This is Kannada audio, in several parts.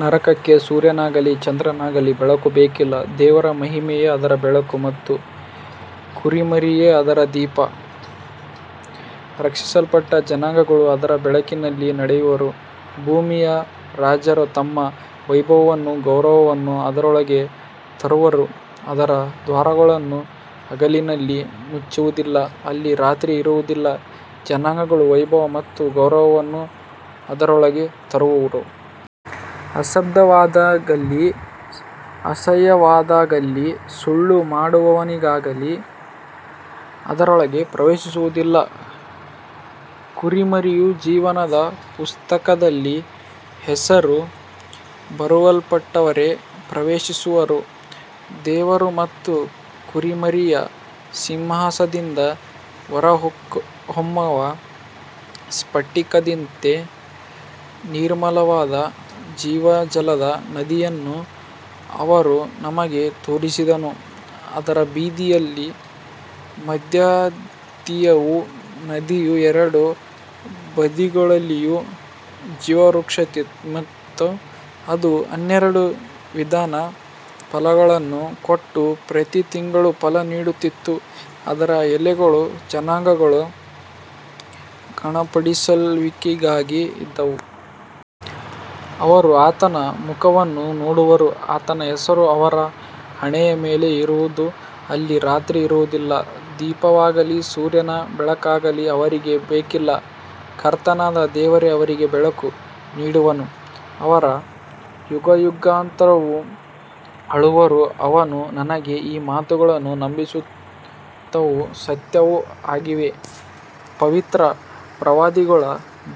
ನಗರಕ್ಕೆ ಸೂರ್ಯನಾಗಲಿ ಚಂದ್ರನಾಗಲಿ ಬೆಳಕು ಬೇಕಿಲ್ಲ, ದೇವರ ಮಹಿಮೆಯೇ ಅದರ ಬೆಳಕು ಮತ್ತು ಕುರಿಮರಿಯೇ ಅದರ ದೀಪ. ರಕ್ಷಿಸಲ್ಪಟ್ಟ ಜನಾಂಗಗಳು ಅದರ ಬೆಳಕಿನಲ್ಲಿ ನಡೆಯುವರು, ಭೂಮಿಯ ರಾಜರು ತಮ್ಮ ವೈಭವವನ್ನೂ ಗೌರವವನ್ನೂ ಅದರೊಳಗೆ ತರುವರು. ಅದರ ದ್ವಾರಗಳು ಹಗಲಿನಲ್ಲಿ ಮುಚ್ಚುವುದಿಲ್ಲ, ಅಲ್ಲಿ ರಾತ್ರಿ ಇರುವುದಿಲ್ಲ. ಜನಾಂಗಗಳ ವೈಭವ ಮತ್ತು ಗೌರವವನ್ನು ಅದರೊಳಗೆ ತರುವರು. ಅಶುದ್ಧವಾದದ್ದಾಗಲಿ ಅಸಹ್ಯವಾದದ್ದಾಗಲಿ ಸುಳ್ಳು ಮಾಡುವವನಾಗಲಿ ಅದರೊಳಗೆ ಪ್ರವೇಶಿಸುವುದಿಲ್ಲ, ಕುರಿಮರಿಯ ಜೀವನದ ಪುಸ್ತಕದಲ್ಲಿ ಹೆಸರು ಬರೆಯಲ್ಪಟ್ಟವರೇ ಪ್ರವೇಶಿಸುವರು. ದೇವರು ಮತ್ತು ಕುರಿಮರಿಯ ಸಿಂಹಾಸನದಿಂದ ಹೊರಹೊಮ್ಮುವ ಸ್ಫಟಿಕದಂತೆ ನಿರ್ಮಲವಾದ ಜೀವಜಲದ ನದಿಯನ್ನು ಅವನು ನನಗೆ ತೋರಿಸಿದನು. ಅದರ ಬೀದಿಯ ಮಧ್ಯದಲ್ಲಿಯೂ ನದಿಯ ಎರಡೂ ಬದಿಗಳಲ್ಲಿಯೂ ಜೀವವೃಕ್ಷವಿತ್ತು. ಅದು ಹನ್ನೆರಡು ವಿಧದ ಫಲಗಳನ್ನು ಕೊಟ್ಟು, ಪ್ರತಿ ತಿಂಗಳು ಫಲ ನೀಡುತ್ತಿತ್ತು, ಅದರ ಎಲೆಗಳು ಜನಾಂಗಗಳ ಗುಣಪಡಿಸುವಿಕೆಗಾಗಿ ಇದ್ದವು. ಅವರು ಆತನ ಮುಖವನ್ನು ನೋಡುವರು, ಆತನ ಹೆಸರು ಅವರ ಹಣೆಯ ಮೇಲೆ ಇರುವುದು. ಅಲ್ಲಿ ರಾತ್ರಿ ಇರುವುದಿಲ್ಲ, ದೀಪವಾಗಲಿ ಸೂರ್ಯನ ಬೆಳಕಾಗಲಿ ಅವರಿಗೆ ಬೇಕಿಲ್ಲ, ಕರ್ತನಾದ ದೇವರೇ ಅವರಿಗೆ ಬೆಳಕು ನೀಡುವನು, ಅವರು ಯುಗಯುಗಾಂತರವೂ ಆಳುವರು. ಅವನು ನನಗೆ, ಈ ಮಾತುಗಳು ನಂಬಿಗಸ್ತವೂ ಸತ್ಯವೂ ಆಗಿವೆ, ಪವಿತ್ರ ಪ್ರವಾದಿಗಳ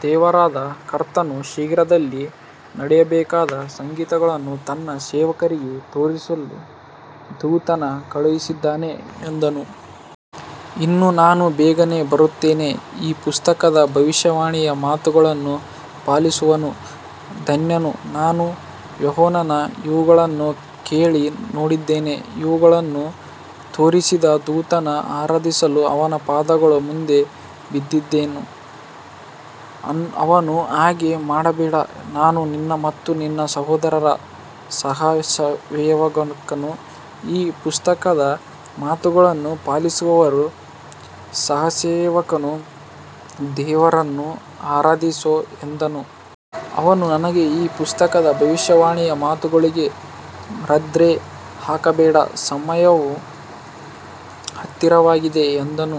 ದೇವರಾದ ಕರ್ತನು ಶೀಘ್ರದಲ್ಲೇ ನಡೆಯಬೇಕಾದ ಸಂಗತಿಗಳನ್ನು ತನ್ನ ಸೇವಕರಿಗೆ ತೋರಿಸಲು ದೂತನನ್ನು ಕಳುಹಿಸಿದ್ದಾನೆ ಎಂದನು. ಇಗೋ, ನಾನು ಬೇಗನೆ ಬರುತ್ತೇನೆ, ಈ ಪುಸ್ತಕದ ಭವಿಷ್ಯವಾಣಿಯ ಮಾತುಗಳನ್ನು ಪಾಲಿಸುವವನು ಧನ್ಯನು. ನಾನು ಯೋಹಾನನು ಇವುಗಳನ್ನು ಕೇಳಿ ನೋಡಿದೆನು, ಇವುಗಳನ್ನು ತೋರಿಸಿದ ದೂತನನ್ನು ಆರಾಧಿಸಲು ಅವನ ಪಾದಗಳ ಮುಂದೆ ಬಿದ್ದೆನು. ಅವನು, ಹಾಗೆ ಮಾಡಬೇಡ, ನಾನು ನಿನ್ನ ಮತ್ತು ನಿನ್ನ ಸಹೋದರರ ಸಹಸೇವಕನು, ಈ ಪುಸ್ತಕದ ಮಾತುಗಳನ್ನು ಪಾಲಿಸುವವರ ಸಹಸೇವಕನು, ದೇವರನ್ನು ಆರಾಧಿಸು ಎಂದನು. ಅವನು ನನಗೆ, ಈ ಪುಸ್ತಕದ ಭವಿಷ್ಯವಾಣಿಯ ಮಾತುಗಳಿಗೆ ಮುದ್ರೆ ಹಾಕಬೇಡ, ಸಮಯವು ಹತ್ತಿರವಾಗಿದೆ ಎಂದನು.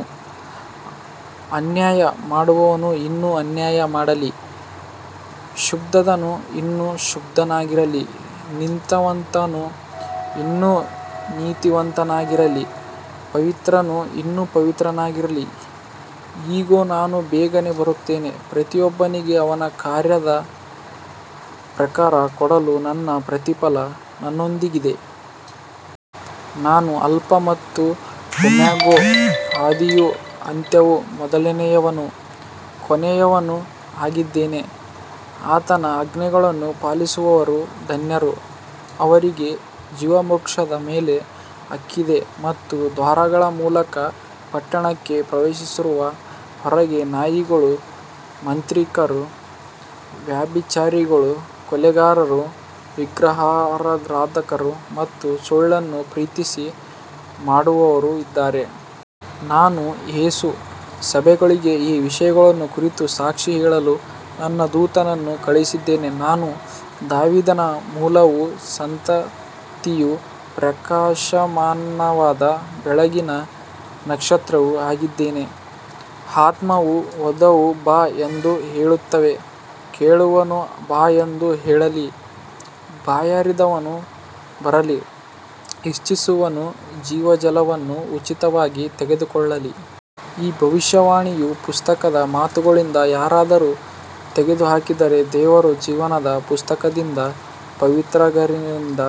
ಅನ್ಯಾಯ ಮಾಡುವವನು ಇನ್ನೂ ಅನ್ಯಾಯ ಮಾಡಲಿ, ಅಶುದ್ಧನು ಇನ್ನೂ ಅಶುದ್ಧನಾಗಿರಲಿ, ನೀತಿವಂತನು ಇನ್ನೂ ನೀತಿವಂತನಾಗಿರಲಿ, ಪವಿತ್ರನು ಇನ್ನೂ ಪವಿತ್ರನಾಗಿರಲಿ. ಇಗೋ, ನಾನು ಬೇಗನೆ ಬರುತ್ತೇನೆ, ಪ್ರತಿಯೊಬ್ಬನಿಗೂ ಅವನ ಕಾರ್ಯದ ಪ್ರಕಾರ ಕೊಡಲು ನನ್ನ ಪ್ರತಿಫಲ ನನ್ನೊಂದಿಗಿದೆ. ನಾನು ಆಲ್ಫಾ ಮತ್ತು ಓಮೆಗಾ, ಆದಿಯೂ ಅಂತ್ಯವೂ, ಮೊದಲನೆಯವನೂ ಕೊನೆಯವನೂ ಆಗಿದ್ದೇನೆ. ಆತನ ಆಜ್ಞೆಗಳನ್ನು ಪಾಲಿಸುವವರು ಧನ್ಯರು, ಅವರಿಗೆ ಜೀವವೃಕ್ಷದ ಮೇಲೆ ಹಕ್ಕಿದೆ ಮತ್ತು ದ್ವಾರಗಳ ಮೂಲಕ ಪಟ್ಟಣಕ್ಕೆ ಪ್ರವೇಶಿಸುವರು. ಹೊರಗೆ ನಾಯಿಗಳು, ಮಾಂತ್ರಿಕರು, ವ್ಯಭಿಚಾರಿಗಳು, ಕೊಲೆಗಾರರು, ವಿಗ್ರಹಾರಾಧಕರು ಮತ್ತು ಸುಳ್ಳನ್ನು ಪ್ರೀತಿಸಿ ಮಾಡುವವರು ಇದ್ದಾರೆ. ನಾನು ಯೇಸು, ಸಭೆಗಳಿಗೆ ಈ ವಿಷಯಗಳ ಕುರಿತು ಸಾಕ್ಷಿ ಹೇಳಲು ನನ್ನ ದೂತನನ್ನು ಕಳುಹಿಸಿದ್ದೇನೆ. ನಾನು ದಾವೀದನ ಮೂಲವೂ ಸಂತತಿಯೂ, ಪ್ರಕಾಶಮಾನವಾದ ಬೆಳಗಿನ ನಕ್ಷತ್ರವೂ ಆಗಿದ್ದೇನೆ. ಆತ್ಮವೂ ವಧುವೂ, ಬಾ ಎಂದು ಹೇಳುತ್ತವೆ. ಕೇಳುವವನು, ಬಾ ಎಂದು ಹೇಳಲಿ. ಬಾಯಾರಿದವನು ಬರಲಿ, ಇಚ್ಛಿಸುವವನು ಜೀವಜಲವನ್ನು ಉಚಿತವಾಗಿ ತೆಗೆದುಕೊಳ್ಳಲಿ. ಈ ಭವಿಷ್ಯವಾಣಿಯ ಪುಸ್ತಕದ ಮಾತುಗಳಿಂದ ಯಾರಾದರೂ ತೆಗೆದುಹಾಕಿದರೆ, ದೇವರು ಜೀವನದ ಪುಸ್ತಕದಿಂದ, ಪವಿತ್ರನಗರದಿಂದ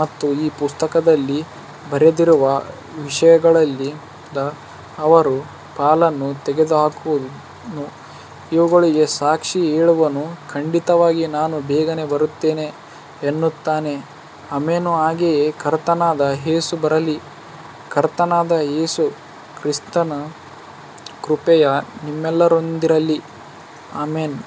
ಮತ್ತು ಈ ಪುಸ್ತಕದಲ್ಲಿ ಬರೆದಿರುವ ವಿಷಯಗಳಿಂದ ಅವನ ಪಾಲನ್ನು ತೆಗೆದುಹಾಕುವನು. ಇವುಗಳಿಗೆ ಸಾಕ್ಷಿ ಹೇಳುವವನು, ಖಂಡಿತವಾಗಿ ನಾನು ಬೇಗನೆ ಬರುತ್ತೇನೆ ಎನ್ನುತ್ತಾನೆ. ಆಮೆನ್, ಹಾಗೆಯೇ ಕರ್ತನಾದ ಯೇಸು ಬರಲಿ. ಕರ್ತನಾದ ಯೇಸು ಕ್ರಿಸ್ತನ ಕೃಪೆಯು ನಿಮ್ಮೆಲ್ಲರೊಂದಿಗಿರಲಿ. ಆಮೆನ್.